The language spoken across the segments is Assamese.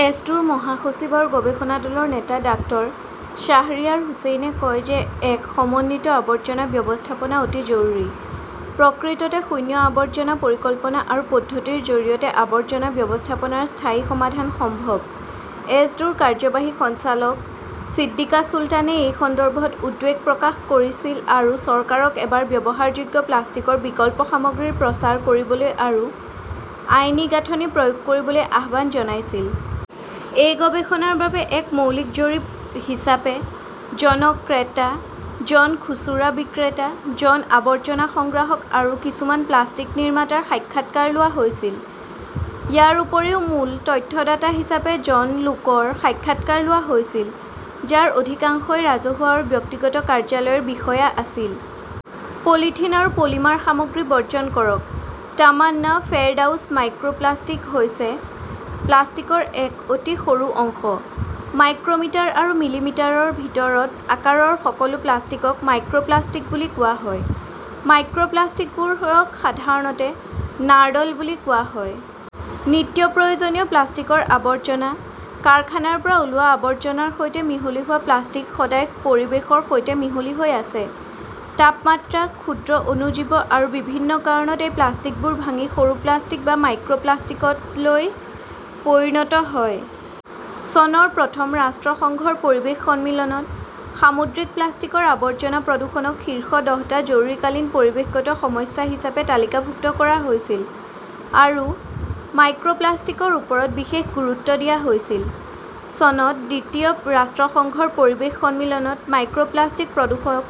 এছডোৰ মহাসচিব আৰু গৱেষণা দলৰ নেতা ডাঃ শ্বাহৰিয়াৰ হুচেইনে কয় যে এক সমন্বিত আৱৰ্জনা ব্যৱস্থাপনা অতি জৰুৰী। প্ৰকৃততে শূন্য আৱৰ্জনা পৰিকল্পনা আৰু পদ্ধতিৰ জৰিয়তে আৱৰ্জনা ব্যৱস্থাপনাৰ স্থায়ী সমাধান সম্ভৱ। এছডোৰ কাৰ্যবাহী সঞ্চালক ছিদ্দিকা চুলতানে এই সন্দৰ্ভত উদ্বেগ প্ৰকাশ কৰিছিল আৰু চৰকাৰক এবাৰ ব্যৱহাৰযোগ্য প্লাষ্টিকৰ বিকল্প সামগ্ৰীৰ প্ৰচাৰ কৰিবলৈ আৰু আইনী গাঁথনি প্ৰয়োগ কৰিবলৈ আহ্বান জনাইছিল। এই গৱেষণাৰ বাবে এক মৌলিক জৰীপ হিচাপে জন ক্ৰেতা, জন খুচুৰা বিক্ৰেতা, জন আৱৰ্জনা সংগ্ৰাহক আৰু কিছুমান প্লাষ্টিক নিৰ্মাতাৰ সাক্ষাৎকাৰ লোৱা হৈছিল। ইয়াৰ উপৰিও মূল তথ্যদাতা হিচাপে জন লোকৰ সাক্ষাৎকাৰ লোৱা হৈছিল, যাৰ অধিকাংশই ৰাজহুৱা আৰু ব্যক্তিগত কাৰ্যালয়ৰ বিষয়া আছিল। পলিথিন আৰু পলিমাৰ সামগ্ৰী বৰ্জন কৰক তামান্না ফেৰদাউছ মাইক্ৰ 'প্লাষ্টিক হৈছে প্লাষ্টিকৰ এক অতি সৰু অংশ। মাইক্ৰ "মিটাৰ আৰু মিলিমিটাৰৰ ভিতৰত আকাৰৰ সকলো প্লাষ্টিকক মাইক্ৰ" প্লাষ্টিক বুলি কোৱা হয়। মাইক্ৰ 'প্লাষ্টিকবোৰক সাধাৰণতে নাৰ্ডল বুলি কোৱা হয়। নিত্যপ্ৰয়োজনীয় প্লাষ্টিকৰ আৱৰ্জনা, কাৰখানাৰ পৰা ওলোৱা আৱৰ্জনাৰ সৈতে মিহলি হোৱা প্লাষ্টিক সদায় পৰিৱেশৰ সৈতে মিহলি হৈ আছে। তাপমাত্ৰা, ক্ষুদ্ৰ অণুজীৱ আৰু বিভিন্ন কাৰণত এই প্লাষ্টিকবোৰ ভাঙি সৰু প্লাষ্টিক বা মাইক্ৰ 'প্লাষ্টিকলৈ পৰিণত হয়। চনৰ প্ৰথম ৰাষ্ট্ৰসংঘৰ পৰিৱেশ সন্মিলনত সামুদ্ৰিক প্লাষ্টিকৰ আৱৰ্জনা প্ৰদূষণক 'শীৰ্ষ দহটা জৰুৰীকালীন পৰিৱেশগত সমস্যা "হিচাপে তালিকাভুক্ত কৰা হৈছিল আৰু মাইক্ৰ" প্লাষ্টিকৰ ওপৰত বিশেষ গুৰুত্ব দিয়া হৈছিল। চনত দ্বিতীয় ৰাষ্ট্ৰসংঘৰ পৰিৱেশ সন্মিলনত মাইক্ৰ "প্লাষ্টিক প্ৰদূষণক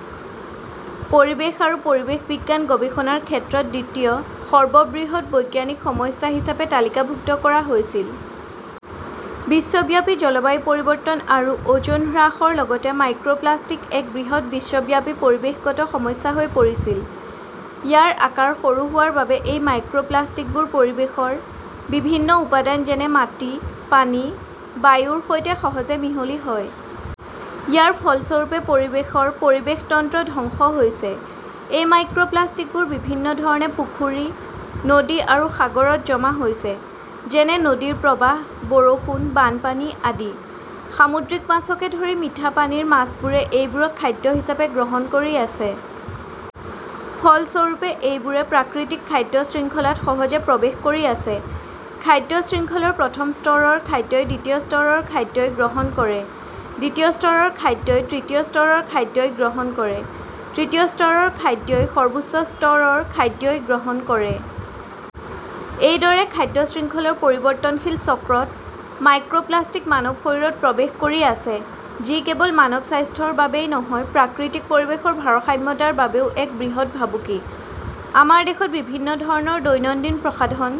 পৰিৱেশ আৰু পৰিৱেশ বিজ্ঞান গৱেষণাৰ ক্ষেত্ৰত দ্বিতীয় সৰ্ববৃহৎ বৈজ্ঞানিক সমস্যা হিচাপে তালিকাভুক্ত কৰা হৈছিল। বিশ্বব্যাপী জলবায়ু পৰিৱৰ্তন আৰু অ "জন হ্ৰাসৰ লগতে মাইক্ৰ" প্লাষ্টিক এক বৃহৎ বিশ্বব্যাপী পৰিৱেশগত সমস্যা হৈ পৰিছিল। ইয়াৰ আকাৰ সৰু হোৱাৰ বাবে এই মাইক্ৰ 'প্লাষ্টিকবোৰ পৰিৱেশৰ বিভিন্ন উপাদান যেনে মাটি, পানী, বায়ুৰ সৈতে সহজে মিহলি হয়। ইয়াৰ ফলস্বৰূপে পৰিৱেশৰ পৰিৱেশ তন্ত্ৰ ধ্বংস হৈছে। এই মাইক্ৰ 'প্লাষ্টিকবোৰ বিভিন্ন ধৰণে পুখুৰী, নদী আৰু সাগৰত জমা হৈছে, যেনে নদীৰ প্ৰবাহ, বৰষুণ, বানপানী আদি। সামুদ্ৰিক মাছকে ধৰি মিঠা পানীৰ মাছবোৰে এইবোৰক খাদ্য হিচাপে গ্ৰহণ কৰি আছে। ফলস্বৰূপে, এইবোৰে প্ৰাকৃতিক খাদ্য শৃংখলাত সহজে প্ৰৱেশ কৰি আছে। খাদ্য শৃংখলৰ প্ৰথম স্তৰৰ খাদ্যই দ্বিতীয় স্তৰৰ খাদ্যই গ্ৰহণ কৰে, দ্বিতীয় স্তৰৰ খাদ্যই তৃতীয় স্তৰৰ খাদ্যই গ্ৰহণ কৰে, তৃতীয় স্তৰৰ খাদ্যই সৰ্বোচ্চ স্তৰৰ খাদ্যই গ্ৰহণ কৰে। এইদৰে খাদ্য শৃংখলৰ পৰিৱৰ্তনশীল চক্ৰত মাইক্ৰ "প্লাষ্টিক মানৱ শৰীৰত প্ৰৱেশ কৰি আছে যি কেৱল মানৱ স্বাস্থ্যৰ বাবেই নহয়, প্ৰাকৃতিক পৰিৱেশৰ ভাৰসাম্যহীনতাৰ বাবেও এক বৃহৎ ভাবুকি। আমাৰ দেশত বিভিন্ন ধৰণৰ দৈনন্দিন প্ৰসাধন